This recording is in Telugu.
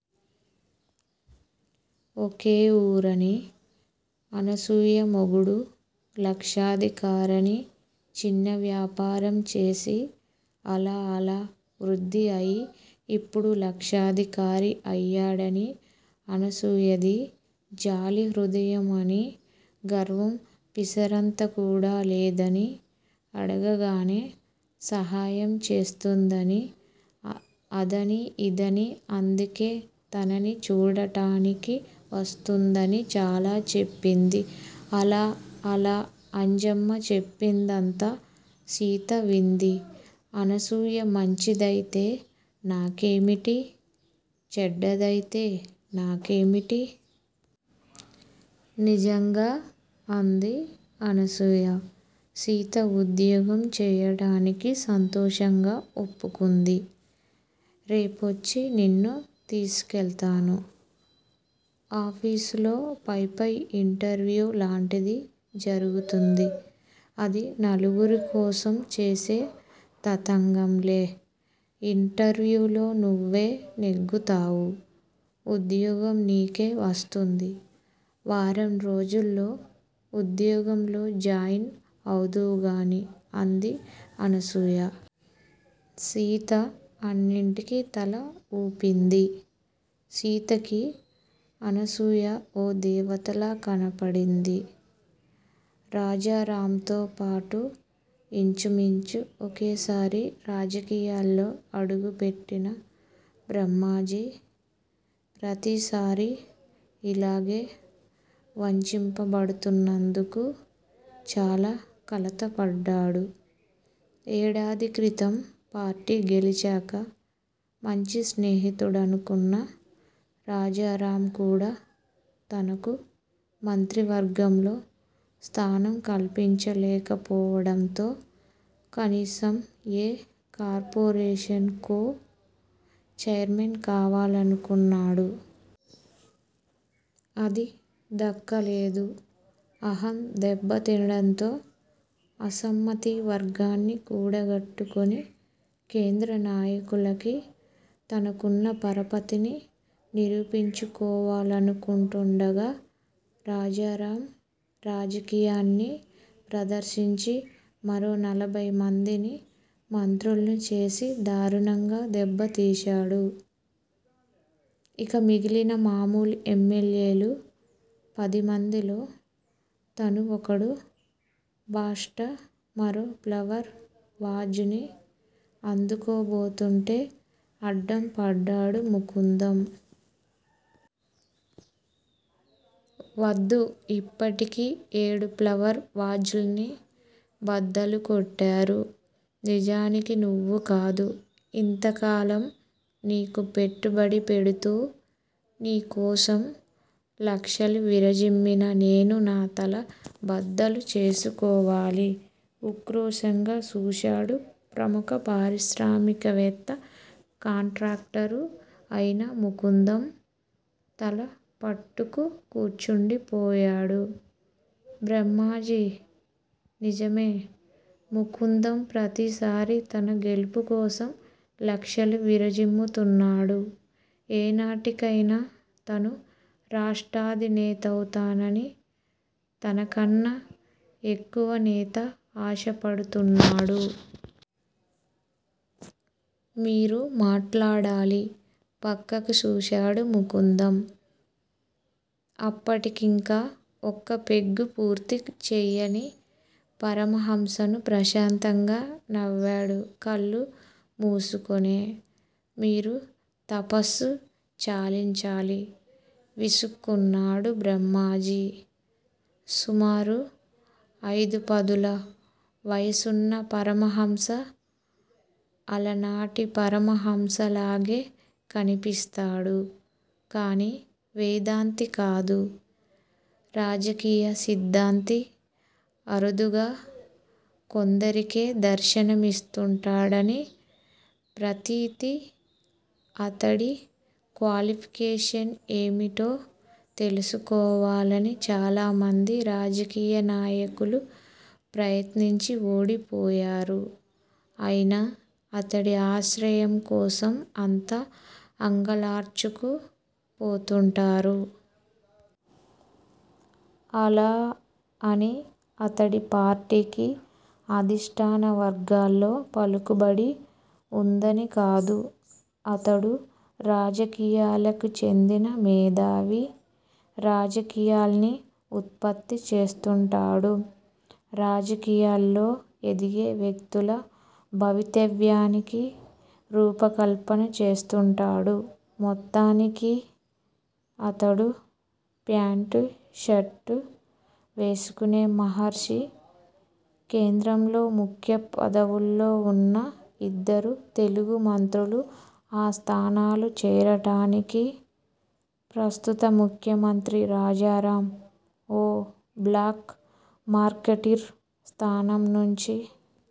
ఒకేవూరని అనసూయ మొగుడు లక్షాధికారని చిన్నవ్యాపారం చేసి అలా అలా వృద్ది అయి ఇప్పుడు లక్షాధికారి అయ్యాడని అనసూయాది జాలిహృదయం అని గర్వం పిసరంతకూడా లేదని అడగగానే సహాయం చేస్తుందని అదని ఇదని అందుకే తనని చూడటానికి వస్తుందని చాలా చెప్పింది అలా అలా అంజమ్మ చెప్పిందంతా సీత వింది అనసూయ మంచిదయితే నాకేమిటి, చెడ్డదయితే నాకేమిటి? నిజంగా! అంది అనసూయ. సీత ఉద్యోగం చేయటానికి సంతోషంగా ఒప్పుకుంది. రేపొచ్చి నిన్ను తీసుకెళతాను. ఆఫీసులో పైపై ఇంటర్వ్యూ లాంటిది జరుగుతుంది. అది నలుగురికోసం చేసే తతంగంలే, ఇంట ర్వ్యూలో నువ్వే నెగ్గుతావు. ఉద్యోగం నీకే వస్తుంది. వారంరోజుల్లో ఉద్యోగంలో జాయిన్ అవుదువుగాని. అంది అనసూయ. సీత అన్నింటికీ తల వూపింది. సీతకి అనసూయ ఓ దేవతలా కనపడింది. రాజారాంతో పాటు ఇంచుమించు ఒకేసారి రాజకీయాల్లో అడుగు పెట్టిన బ్రహ్మాజీ. ప్రతిసారీ యిలాగే వంచింపబడుతున్నందుకు చాలా కలతపడ్డాడు. ఏడాదిక్రితం పార్టీ గెలిచాక మంచి స్నేహితుడనుకున్న రాజారాంకూడా తనకు మంత్రివర్గంలో స్థానం కల్పించలేకపోవడంతో కనీసం ఏ కార్పోరేషన్ కో చైర్మన్ కావాలనుకున్నాడు. అదీ దక్కలేదు. అహం దెబ్బతినడంతో అసమ్మతి వర్గాన్ని కూడగట్టుకొని కేంద్రనాయకులకి తనకున్నపరపతిని నిరూపించుకోవాలనుకుంటుండగా రాజారాం రాజకీయాన్ని ప్రదర్శించి మరో నలభైమందిని మంత్రుల్నిచేసి దారుణంగా దెబ్బతీశాడు. ఇక మిగిలిన మామూలు ఎమ్మెల్యేలు పదిమందిలో తనుఒకడు బా స్ట మరో ఫ్లవర్ వాజ్ ని అందుకోబోతుంటే అడ్డం పడ్డాడు ముకుందం. వద్దు యిప్పటికి ఏడు ఫ్లవర్ వాజ్ ల్ని బద్దలుకొట్టారు నిజానికి నువ్వుకాదు యింతకాలం నీకు పెట్టుబడి పెడుతూ నీకోసం లక్షలు విరజిమ్మిన నేను నా తల బద్దలుచేసుకోవాలి ఉక్రోషంగా చూశాడు ప్రముఖపారిశ్రామికవేత్త కాంట్రాక్టరూ అయిన ముకుందం. తలపట్టుకు కూర్చుండిపోయాడు బ్రహ్మాజీ. నిజమే ముకుందంప్రతిసారీ తన గెలుపుకోసం లక్షలు విరజిమ్ముతున్నాడు ఏనాటికైనా తనురాష్ట్రాధినేతావుతనని తనకన్నా ఎక్కువనేత ఆశపడుతున్నాడు. మీరు మాట్లాడాలి పక్కకి చూశాడు ముకుందం. అప్పటికింకా ఒక్క పెగ్గూ పూర్తి చేయని పరమహంస ప్రశాంతంగా నవ్వాడు కళ్ళు మూసుకునే. మీరు తపస్సు చాలించాలి విసుక్కున్నాడు బ్రహ్మాజీ. సుమారు అయిదుపదుల వయసున్నపరమహంస అలనాటిపరమ హంసలాగే కనిపిస్తాడు కాని వేదాంతి కాదు రాజకీయ సిద్దాంతి అరుదుగా కొందరికే దర్శనమిస్తుంటాడని ప్రతీతి అతడి క్వాలిఫికేషన్ ఏమిటో తెలుసుకోవాలని చాలామంది రాజకీయనాయకులు ప్రయత్నించిఓడిపోయారు అయినా అతడి ఆశ్రయంకోసం అంతా అంగలార్చుకు పోతుంటారు. అలా అని అతడి పార్టీకి అధిష్టానవర్గాల్లో పలుకుబడి వుందనికాదు అతడు రాజకీయాలకుచెందిన మేథావి రాజకీయాల్ని ఉత్పత్తిచేస్తుంటాడు రాజకీయాల్లో ఎదిగే వ్యక్తుల భవితవ్యానికి రూపకల్పన చేస్తుంటాడు మొత్తానికి. అతడు ఫ్యాంటూ, షర్టూ వేసుకునే మహర్షి కేంద్రంలో ముఖ్య పదవుల్లో వున్న యిద్దరు తెలుగు మంత్రులు ఆ స్థానాలు చేరటానికి, ప్రస్తుత ముఖ్యమంత్రి రాజారాం ఓ బ్లాక్ మార్కెటీర్ స్థానంనుంచి